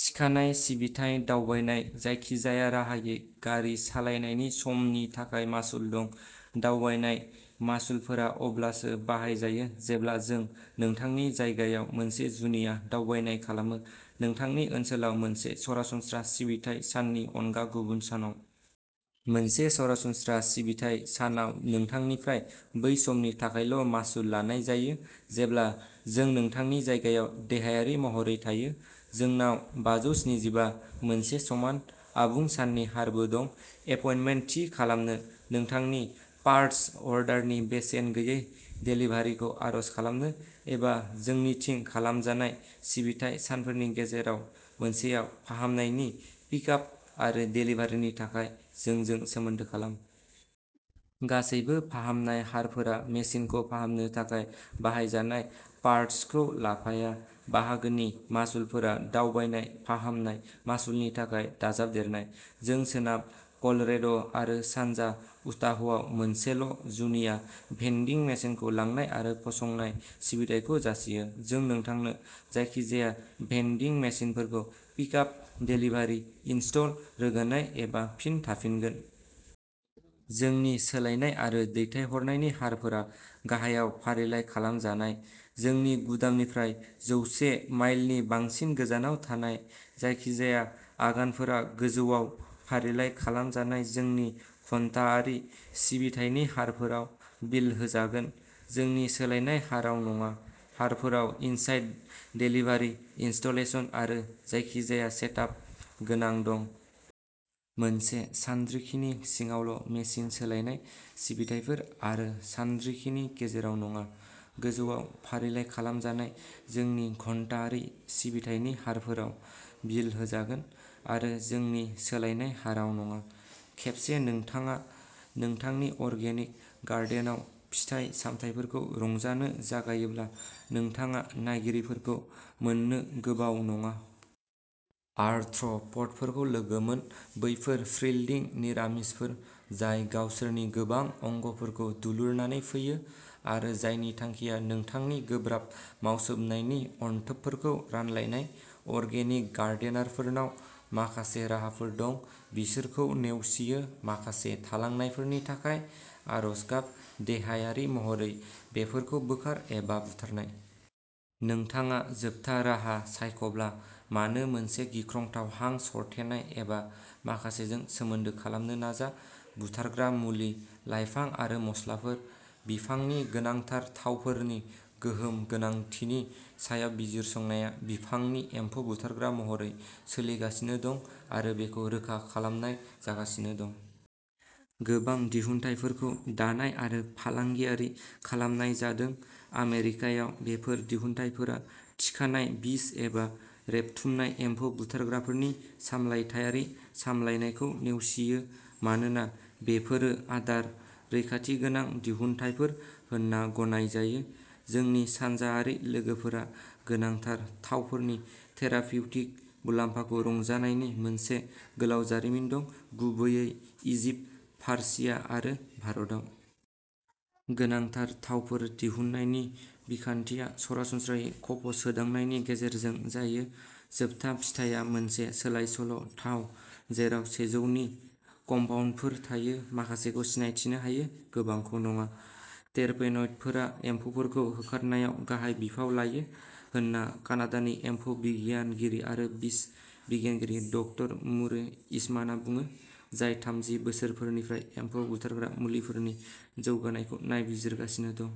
थिखानाय सिबिथाय दावबायनाय, जायखिजाया राहायै गारि सालायनायनि सम नि थाखाय मासुल दं। दावबायनाय मासुलफोरा अब्लासो बाहायजायो जेब्ला जों नोंथांनि जायगायाव मोनसे जुनिया दावबायनाय खालामो, नोंथांनि ओनसोलाव मोनसे सरासनस्रा सिबिथाइ साननि अनगा गुबुन सानाव। मोनसे सरासनस्रा सिबिथाइ सानाव नों थांनिफ्राय बै समनि थाखायल'मासुल लानाय जायो जेब्ला जों नोंथांनि जायगायाव देहायारि महरै थायो। जोंनाव बाजौन्सिजिबा मोनसे समान, आबुं साननि हारबो दं। एपइन्टमेन्ट थि खालामनो, नोंथांनि पार्ट्स अर्डारनि बेसेन गैयै देलिभारिखौ आर'ज खालामनो, एबा जोंनि थि खालामजानाय सिबिथाइ सानफोरनि गेजेराव मोनसेआव फाहामनायनि पिकआप आरो देलिभारिनि थाखाय जोंजों सोमोन्दो खालाम। गासैबो फाहामनाय हारफोरा मेसिनखौ फाहामनो थाखाय बाहायजानाय पार्ट्सखौ लाफाया। बाहागोनि मासुलफोरा दावबायनाय फाहामनाय मासुलनि थाखाय दाजाबदेरनाय। जों सोनाब कलरेड' आरो सानजा उटाहआव मोनसेल' जुनिया भेन्डिं मेसिनखौ लांनाय आरो फसंनाय सिबिथाइखौ जासियो। जों नोंथांनो जायखिजाया भेन्डिं मेसिनफोरखौ पिकआप, देलिभारि, इनस्टल, रोगानाय, एबा फिन थाफिनगोन। जोंनि सोलायनाय आरो दैथायहरनायनि हारफोरा गाहायाव फारिलाइ खालामजानाय। जोंनि गुदामनिफ्राय जौसे माइलनि बांसिन गोजानाव थानाय जायखिजाया आगानफोरा गोजौआव फारिलाइ खालामजानाय जोंनि घन्टाआरि सिबिथायनि हारफोराव बिल होजागोन, जोंनि सोलायनाय हारआव नङा। हारफोराव इनसाइड देलिभारि, इनस्टलेशन आरो जायखिजाया सेटआप गोनां दं। मोनसे सानरिखिनि सिङावल' मेसिन सोलायनाय सिबिथाइफोर, आरो सानरिखिनि गेजेराव नङा, गोजौआव फारिलाइ खालामजानाय जोंनि घन्टाआरि सिबिथायनि हारफोराव बिल होजागोन, आरो जोंनि सोलायनाय हाराव नङा। खेबसे नोंथाङा नोंथांनि अर्गेनिक गार्डेनआव फिथाइ सामथाइफोरखौ रंजानो जागायोब्ला, नोंथाङा नायगिरिफोरखौ मोन्नो गोबाव नङा। आर्थ्र'प'डफोरखौ लोगो मोन। बैफोर फ्रिल'डिं निरामिसफोर जाय गावसोरनि गोबां अंगफोरखौ दुलुरनानै फैयो आरो जायनि थांखिया नोंथांनि गोब्राब मावसोमनायनि अनथोबफोरखौ रानलायनाय। अर्गेनिक गार्डेनारफोरनाव माखासे राहाफोर दं। बिसोरखौ नेवसियो माखासे थालांनायफोरनि थाखाय आरज गाब। देहायारि महरै बेफोरखौ बोखार, एबा, बुथारनाय। नोंथाङा जोबथा राहा सायख'ब्ला, मानो मोनसे गिख्रंथाव हां सरथेनाय एबा माखासेजों सोमोन्दो खालामनो नाजा। बुथारग्रा मुलि लाइफां आरो मस्लाफोर। बिफांनि गोनांथार थावफोरनि गोहोम गोनांथिनि सायाव बिजिरसंनाया बिफांनि एम्फौ बुथारग्रा महरै सोलिगासिनो दं आरो बेखौ रोखा खालामनाय जागासिनो दं। गोबां दिहुनथायफोरखौ दानाय आरो फालांगियारि खालामनाय जादों। आमेरिकायाव, बेफोर दिहुनथायफोरा थिखानाय बिस एबा रेबथुमनाय एम्फौ बुथारग्राफोरनि सामलायथायारि सामलायनायखौ नेवसियो मानोना बेफोरो आदार रैखाथि गोनां दिहुनथायफोर होनना गनायजायो। जोंनि सानजाआरि लोगोफोरा गोनांथार थावफोरनि थेरापिउटिक मुलाम्फाखौ रंजानायनि मोनसे गोलाव जारिमिन दं, गुबैयै इजिप्ट, फारसिया आरो भारतआव। गोनांथार थावफोर दिहुननायनि बिखान्थिया सरासनस्रायै खफ'सोदांनायनि गेजेरजों जायो। जोबथा फिथाया मोनसे सोलायसोल' थाव जेराव सेजौ नि कम्पाउन्डफोर थायो, माखासेखौ सिनायथिनो हायो, गोबांखौ नङा। टेरपेनइडफोरा एम्फौफोरखौ होखारनायाव गाहाय बिफाव लायो होनना कानाडानि एम्फौ बिगियानगिरि आरो बिस बिगियानगिरि ड मुरे इसमानआ बुङो, जाय थामजि बोसोरफोरनिफ्राय एम्फौ बुथारग्रा मुलिफोरनि जौगानायखौ नायबिजिरगासिनो दं।